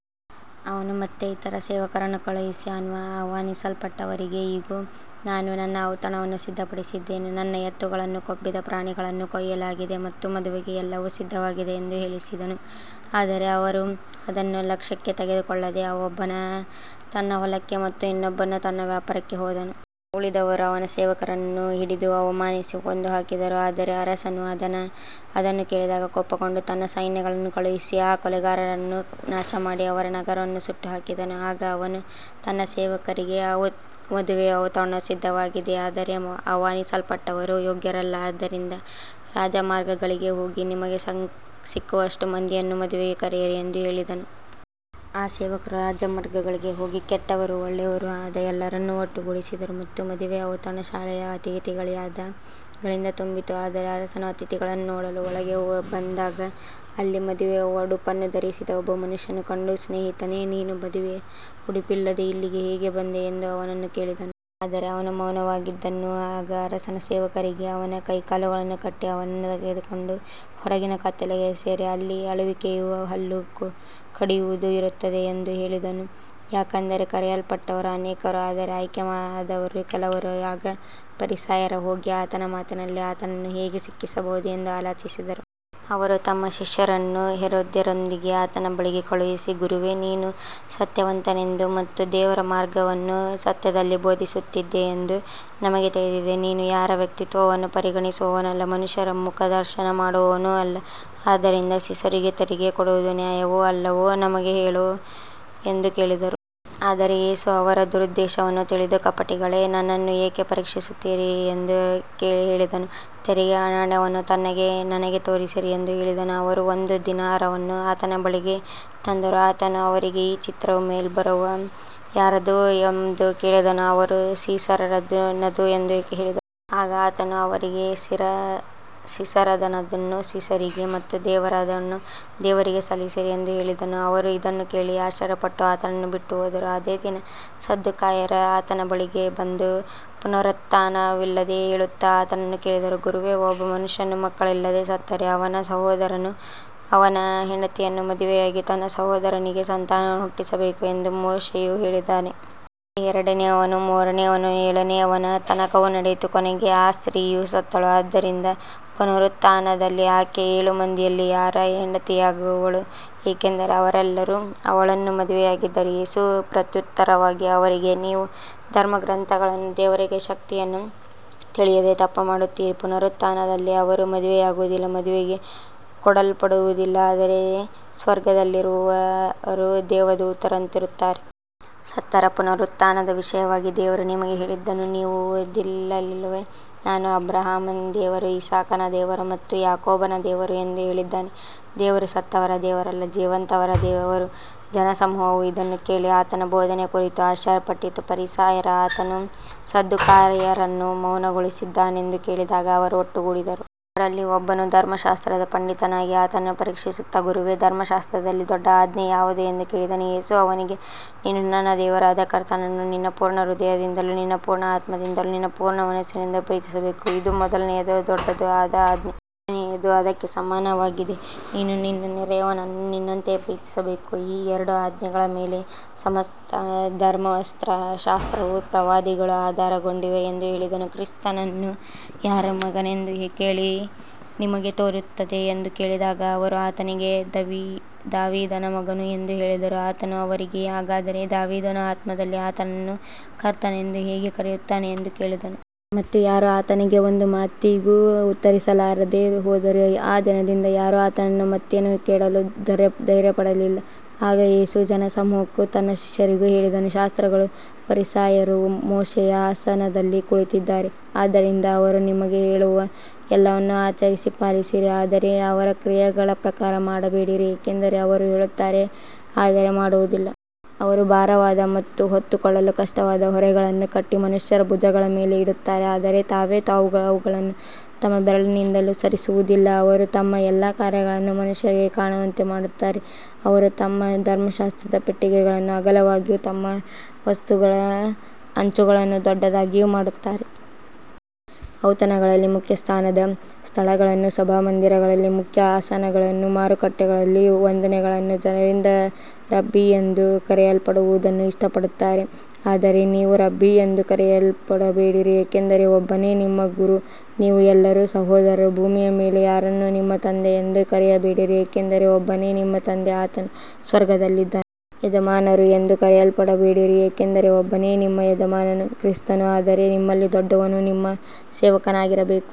ಅವನು ಮತ್ತೆ ಇತರ ಸೇವಕರನ್ನು ಕಳುಹಿಸಿ, ಆಹ್ವಾನಿಸಲ್ಪಟ್ಟವರಿಗೆ, ಇಗೋ, ನಾನು ನನ್ನ ಔತಣವನ್ನು ಸಿದ್ಧಪಡಿಸಿದ್ದೇನೆ, ನನ್ನ ಎತ್ತುಗಳನ್ನೂ ಕೊಬ್ಬಿದ ಪ್ರಾಣಿಗಳನ್ನೂ ಕೊಯ್ಯಲಾಗಿದೆ ಮತ್ತು ಮದುವೆಗೆ ಎಲ್ಲವೂ ಸಿದ್ಧವಾಗಿದೆ ಎಂದು ಹೇಳಿಸಿದನು. ಆದರೆ ಅವರು ಅದನ್ನು ಲಕ್ಷ್ಯಕ್ಕೆ ತೆಗೆದುಕೊಳ್ಳದೆ, ಒಬ್ಬನು ತನ್ನ ಹೊಲಕ್ಕೆ ಮತ್ತು ಇನ್ನೊಬ್ಬನು ತನ್ನ ವ್ಯಾಪಾರಕ್ಕೆ ಹೋದನು. ಉಳಿದವರು ಅವನ ಸೇವಕರನ್ನು ಹಿಡಿದು ಅವಮಾನಿಸಿ, ಕೊಂದುಹಾಕಿದರು. ಆದರೆ ಅರಸನು ಅದನ್ನು ಕೇಳಿದಾಗ ಕೋಪಗೊಂಡು ತನ್ನ ಸೈನ್ಯಗಳನ್ನು ಕಳುಹಿಸಿ ಆ ಕೊಲೆಗಾರರನ್ನು ನಾಶಮಾಡಿ ಅವರ ನಗರವನ್ನು ಸುಟ್ಟುಹಾಕಿದನು. ಆಗ ಅವನು ತನ್ನ ಸೇವಕರಿಗೆ, ಮದುವೆಯ ಔತಣವು ಸಿದ್ಧವಾಗಿದೆ, ಆದರೆ ಆಹ್ವಾನಿಸಲ್ಪಟ್ಟವರು ಯೋಗ್ಯರಲ್ಲ. ಆದ್ದರಿಂದ ರಾಜಮಾರ್ಗಗಳಿಗೆ ಹೋಗಿ, ನಿಮಗೆ ಸಿಕ್ಕುವಷ್ಟು ಮಂದಿಯನ್ನು ಮದುವೆಗೆ ಕರೆಯಿರಿ ಎಂದು ಹೇಳಿದನು. ಆ ಸೇವಕರು ರಾಜಮಾರ್ಗಗಳಿಗೆ ಹೋಗಿ ಕೆಟ್ಟವರೂ ಒಳ್ಳೆಯವರೂ ಆದ ಎಲ್ಲರನ್ನು ಒಟ್ಟುಗೂಡಿಸಿದರು ಮತ್ತು ಮದುವೆಯ ಔತಣಶಾಲೆಯು ಅತಿಥಿಗಳಿಂದ ತುಂಬಿತು. ಆದರೆ ಅರಸನು ಅತಿಥಿಗಳನ್ನು ನೋಡಲು ಒಳಗೆ ಬಂದಾಗ, ಅಲ್ಲಿ ಮದುವೆಯ ಉಡುಪನ್ನು ಧರಿಸದ ಒಬ್ಬ ಮನುಷ್ಯನನ್ನು ಕಂಡು, ಸ್ನೇಹಿತನೇ, ನೀನು ಮದುವೆಯ ಉಡುಪಿಲ್ಲದೆ ಇಲ್ಲಿಗೆ ಹೇಗೆ ಬಂದೆ ಎಂದು ಅವನನ್ನು ಕೇಳಿದನು. ಆದರೆ ಅವನು ಮೌನವಾಗಿದ್ದನು. ಆಗ ಅರಸನು ಸೇವಕರಿಗೆ, ಅವನ ಕೈಕಾಲುಗಳನ್ನು ಕಟ್ಟಿ ಅವನನ್ನು ತೆಗೆದುಕೊಂಡು ಹೊರಗಿನ ಕತ್ತಲೆಗೆ ಎಸೆಯಿರಿ. ಅಲ್ಲಿ ಅಳುವಿಕೆಯೂ ಹಲ್ಲು ಕಡಿಯುವುದೂ ಇರುತ್ತದೆ ಎಂದು ಹೇಳಿದನು. ಯಾಕಂದರೆ ಕರೆಯಲ್ಪಟ್ಟವರು ಅನೇಕರು, ಆದರೆ ಆಯ್ಕೆಯಾದವರು ಕೆಲವರು. ಆಗ ಫರಿಸಾಯರು ಹೋಗಿ ಆತನ ಮಾತಿನಲ್ಲಿ ಆತನನ್ನು ಹೇಗೆ ಸಿಕ್ಕಿಸಬಹುದು ಎಂದು ಆಲೋಚಿಸಿದರು. ಅವರು ತಮ್ಮ ಶಿಷ್ಯರನ್ನು ಹೆರೋದ್ಯರೊಂದಿಗೆ ಆತನ ಬಳಿಗೆ ಕಳುಹಿಸಿ, ಗುರುವೇ, ನೀನು ಸತ್ಯವಂತನೆಂದು ಮತ್ತು ದೇವರ ಮಾರ್ಗವನ್ನು ಸತ್ಯದಲ್ಲಿ ಬೋಧಿಸುತ್ತೀಯೆಂದು ನಮಗೆ ತಿಳಿದಿದೆ. ನೀನು ಯಾರ ವ್ಯಕ್ತಿತ್ವವನ್ನೂ ಪರಿಗಣಿಸುವವನಲ್ಲ, ಮನುಷ್ಯರ ಮುಖದರ್ಶನ ಮಾಡುವವನೂ ಅಲ್ಲ. ಆದ್ದರಿಂದ ಸೀಸರಿಗೆ ತೆರಿಗೆ ಕೊಡುವುದು ನ್ಯಾಯವೋ, ಅಲ್ಲವೋ ನಮಗೆ ಹೇಳು ಎಂದು ಕೇಳಿದರು. ಆದರೆ ಯೇಸು ಅವರ ದುರುದ್ದೇಶವನ್ನು ತಿಳಿದು, ಕಪಟಿಗಳೇ, ನನ್ನನ್ನು ಏಕೆ ಪರೀಕ್ಷಿಸುತ್ತೀರಿ ಎಂದು ಹೇಳಿದನು. ತೆರಿಗೆಯ ನಾಣ್ಯವನ್ನು ನನಗೆ ತೋರಿಸಿರಿ ಎಂದು ಹೇಳಿದನು. ಅವರು ಒಂದು ದೀನಾರವನ್ನು ಆತನ ಬಳಿಗೆ ತಂದರು. ಆತನು ಅವರಿಗೆ, ಈ ಚಿತ್ರವೂ ಮೇಲ್ಬರಹವೂ ಯಾರದು ಎಂದು ಕೇಳಿದನು. ಅವರು, ಸೀಸರನದು ಎಂದು ಹೇಳಿದರು. ಆಗ ಆತನು ಅವರಿಗೆ, ಸೀಸರನದನ್ನು ಸೀಸರಿಗೆ ಮತ್ತು ದೇವರದನ್ನು ದೇವರಿಗೆ ಸಲ್ಲಿಸಿರಿ ಎಂದು ಹೇಳಿದನು. ಅವರು ಇದನ್ನು ಕೇಳಿ ಆಶ್ಚರ್ಯಪಟ್ಟು ಆತನನ್ನು ಬಿಟ್ಟುಹೋದರು. ಅದೇ ದಿನ ಸದ್ದುಕಾಯರು ಆತನ ಬಳಿಗೆ ಬಂದು, ಪುನರುತ್ಥಾನವಿಲ್ಲವೆಂದು ಹೇಳುತ್ತಾ ಆತನನ್ನು ಕೇಳಿದರು. ಗುರುವೇ, ಒಬ್ಬ ಮನುಷ್ಯನು ಮಕ್ಕಳಿಲ್ಲದೆ ಸತ್ತರೆ, ಅವನ ಸಹೋದರನು ಅವನ ಹೆಂಡತಿಯನ್ನು ಮದುವೆಯಾಗಿ ತನ್ನ ಸಹೋದರನಿಗೆ ಸಂತಾನವನ್ನು ಹುಟ್ಟಿಸಬೇಕು ಎಂದು ಮೋಶೆಯು ಹೇಳಿದ್ದಾನೆ. ಹಾಗೆಯೇ ಎರಡನೆಯವನೂ, ಮೂರನೆಯವನೂ, ಏಳನೆಯವನ ತನಕವೂ ನಡೆಯಿತು. ಕೊನೆಗೆ ಆ ಸ್ತ್ರೀಯೂ ಸತ್ತಳು. ಆದ್ದರಿಂದ ಪುನರುತ್ಥಾನದಲ್ಲಿ ಆಕೆ ಏಳು ಮಂದಿಯಲ್ಲಿ ಯಾರ ಹೆಂಡತಿಯಾಗುವಳು, ಏಕೆಂದರೆ ಅವರೆಲ್ಲರೂ ಅವಳನ್ನು ಮದುವೆಯಾಗಿದ್ದರು. ಯೇಸು ಪ್ರತ್ಯುತ್ತರವಾಗಿ ಅವರಿಗೆ, ನೀವು ಧರ್ಮಗ್ರಂಥಗಳನ್ನೂ ದೇವರ ಶಕ್ತಿಯನ್ನೂ ತಿಳಿಯದೆ ತಪ್ಪುಮಾಡುತ್ತೀರಿ. ಪುನರುತ್ಥಾನದಲ್ಲಿ ಅವರು ಮದುವೆಯಾಗುವುದಿಲ್ಲ, ಮದುವೆಗೆ ಕೊಡಲ್ಪಡುವುದಿಲ್ಲ, ಆದರೆ ಸ್ವರ್ಗದಲ್ಲಿರುವ ದೇವದೂತರಂತಿರುತ್ತಾರೆ. ಸತ್ತವರ ಪುನರುತ್ಥಾನದ ವಿಷಯವಾಗಿ ದೇವರು ನಿಮಗೆ ಹೇಳಿದ್ದನ್ನು ನೀವು ಓದಲಿಲ್ಲವೇ, ನಾನು ಅಬ್ರಹಾಮನ ದೇವರು, ಇಸಾಕನ ದೇವರು ಮತ್ತು ಯಾಕೋಬನ ದೇವರು ಎಂದು ಹೇಳಿದ್ದಾನೆ. ದೇವರು ಸತ್ತವರ ದೇವರಲ್ಲ, ಜೀವಂತರ ದೇವರು. ಜನಸಮೂಹವು ಇದನ್ನು ಕೇಳಿ ಆತನ ಬೋಧನೆಯ ಕುರಿತು ಆಶ್ಚರ್ಯಪಟ್ಟಿತು. ಫರಿಸಾಯರು ಆತನು ಸದ್ದುಕಾಯರನ್ನು ಮೌನಗೊಳಿಸಿದ್ದಾನೆಂದು ಕೇಳಿದಾಗ ಅವರು ಒಟ್ಟುಗೂಡಿದರು. ಅವರಲ್ಲಿ ಒಬ್ಬನು ಧರ್ಮಶಾಸ್ತ್ರದ ಪಂಡಿತನಾಗಿ ಆತನನ್ನು ಪರೀಕ್ಷಿಸುತ್ತಾ, ಗುರುವೇ, ಧರ್ಮಶಾಸ್ತ್ರದಲ್ಲಿ ದೊಡ್ಡ ಆಜ್ಞೆ ಯಾವುದು ಎಂದು ಕೇಳಿದನು. ಯೇಸು ಅವನಿಗೆ, ನೀನು ನಿನ್ನ ದೇವರಾದ ಕರ್ತನನ್ನು ನಿನ್ನ ಪೂರ್ಣ ಹೃದಯದಿಂದಲೂ ನಿನ್ನ ಪೂರ್ಣ ಆತ್ಮದಿಂದಲೂ ನಿನ್ನ ಪೂರ್ಣ ಮನಸ್ಸಿನಿಂದಲೂ ಪ್ರೀತಿಸಬೇಕು. ಇದು ಮೊದಲನೆಯದೂ ದೊಡ್ಡದೂ ಆದ ಆಜ್ಞೆ. ಎರಡನೆಯದು ಅದಕ್ಕೆ ಸಮಾನವಾಗಿದೆ, ನೀನು ನಿನ್ನ ನೆರೆಯವನನ್ನು ನಿನ್ನಂತೆಯೇ ಪ್ರೀತಿಸಬೇಕು. ಈ ಎರಡು ಆಜ್ಞೆಗಳ ಮೇಲೆ ಸಮಸ್ತ ಧರ್ಮಶಾಸ್ತ್ರವೂ ಪ್ರವಾದಿಗಳೂ ಆಧಾರಗೊಂಡಿವೆ ಎಂದು ಹೇಳಿದನು. ಕ್ರಿಸ್ತನು ಯಾರ ಮಗನೆಂದು ನಿಮಗೆ ತೋರುತ್ತದೆ ಎಂದು ಕೇಳಿದಾಗ ಅವರು ಆತನಿಗೆ, ದಾವೀದನ ಮಗನು ಎಂದು ಹೇಳಿದರು. ಆತನು ಅವರಿಗೆ, ಹಾಗಾದರೆ ದಾವೀದನು ಆತ್ಮದಲ್ಲಿ ಆತನನ್ನು ಕರ್ತನೆಂದು ಹೇಗೆ ಕರೆಯುತ್ತಾನೆ ಎಂದು ಕೇಳಿದನು. ಮತ್ತು ಯಾರೂ ಆತನಿಗೆ ಒಂದು ಮಾತಿಗೂ ಉತ್ತರಿಸಲಾರದೆ ಹೋದರು. ಆ ದಿನದಿಂದ ಯಾರೂ ಆತನನ್ನು ಮತ್ತೇನೂ ಕೇಳಲು ಧೈರ್ಯಪಡಲಿಲ್ಲ. ಆಗ ಯೇಸು ಜನಸಮೂಹಕ್ಕೂ ತನ್ನ ಶಿಷ್ಯರಿಗೂ ಹೇಳಿದನು, ಶಾಸ್ತ್ರಿಗಳೂ ಫರಿಸಾಯರೂ ಮೋಶೆಯ ಆಸನದಲ್ಲಿ ಕುಳಿತಿದ್ದಾರೆ. ಆದ್ದರಿಂದ ಅವರು ನಿಮಗೆ ಹೇಳುವ ಎಲ್ಲವನ್ನೂ ಆಚರಿಸಿ ಪಾಲಿಸಿರಿ, ಆದರೆ ಅವರ ಕ್ರಿಯೆಗಳ ಪ್ರಕಾರ ಮಾಡಬೇಡಿರಿ, ಏಕೆಂದರೆ ಅವರು ಹೇಳುತ್ತಾರೆ, ಆದರೆ ಮಾಡುವುದಿಲ್ಲ. ಅವರು ಭಾರವಾದ ಮತ್ತು ಹೊತ್ತುಕೊಳ್ಳಲು ಕಷ್ಟವಾದ ಹೊರೆಗಳನ್ನು ಕಟ್ಟಿ ಮನುಷ್ಯರ ಭುಜಗಳ ಮೇಲೆ ಇಡುತ್ತಾರೆ, ಆದರೆ ತಾವೇ ಅವುಗಳನ್ನು ತಮ್ಮ ಬೆರಳಿನಿಂದಲೂ ಸರಿಸುವುದಿಲ್ಲ. ಅವರು ತಮ್ಮ ಎಲ್ಲಾ ಕಾರ್ಯಗಳನ್ನು ಮನುಷ್ಯರಿಗೆ ಕಾಣುವಂತೆ ಮಾಡುತ್ತಾರೆ. ಅವರು ತಮ್ಮ ಧರ್ಮಶಾಸ್ತ್ರದ ಪೆಟ್ಟಿಗೆಗಳನ್ನು ಅಗಲವಾಗಿಯೂ ತಮ್ಮ ವಸ್ತ್ರಗಳ ಅಂಚುಗಳನ್ನು ದೊಡ್ಡದಾಗಿಯೂ ಮಾಡುತ್ತಾರೆ. ಔತಣಗಳಲ್ಲಿ ಮುಖ್ಯಸ್ಥಾನದ ಸ್ಥಳಗಳನ್ನೂ ಸಭಾಮಂದಿರಗಳಲ್ಲಿ ಮುಖ್ಯ ಆಸನಗಳನ್ನೂ ಮಾರುಕಟ್ಟೆಗಳಲ್ಲಿ ವಂದನೆಗಳನ್ನೂ ಜನರಿಂದ ರಬ್ಬಿ ಎಂದು ಕರೆಯಲ್ಪಡುವುದನ್ನೂ ಇಷ್ಟಪಡುತ್ತಾರೆ. ಆದರೆ ನೀವು ರಬ್ಬಿ ಎಂದು ಕರೆಯಲ್ಪಡಬೇಡಿರಿ, ಏಕೆಂದರೆ ಒಬ್ಬನೇ ನಿಮ್ಮ ಗುರು, ನೀವು ಎಲ್ಲರೂ ಸಹೋದರರು. ಭೂಮಿಯ ಮೇಲೆ ಯಾರನ್ನೂ ನಿಮ್ಮ ತಂದೆ ಎಂದು ಕರೆಯಬೇಡಿರಿ, ಏಕೆಂದರೆ ಒಬ್ಬನೇ ನಿಮ್ಮ ತಂದೆ, ಆತನು ಸ್ವರ್ಗದಲ್ಲಿದ್ದಾನೆ. ಯಜಮಾನರು ಎಂದು ಕರೆಯಲ್ಪಡಬೇಡಿರಿ, ಏಕೆಂದರೆ ಒಬ್ಬನೇ ನಿಮ್ಮ ಯಜಮಾನನು, ಕ್ರಿಸ್ತನು. ಆದರೆ ನಿಮ್ಮಲ್ಲಿ ದೊಡ್ಡವನು ನಿಮ್ಮ ಸೇವಕನಾಗಿರಬೇಕು.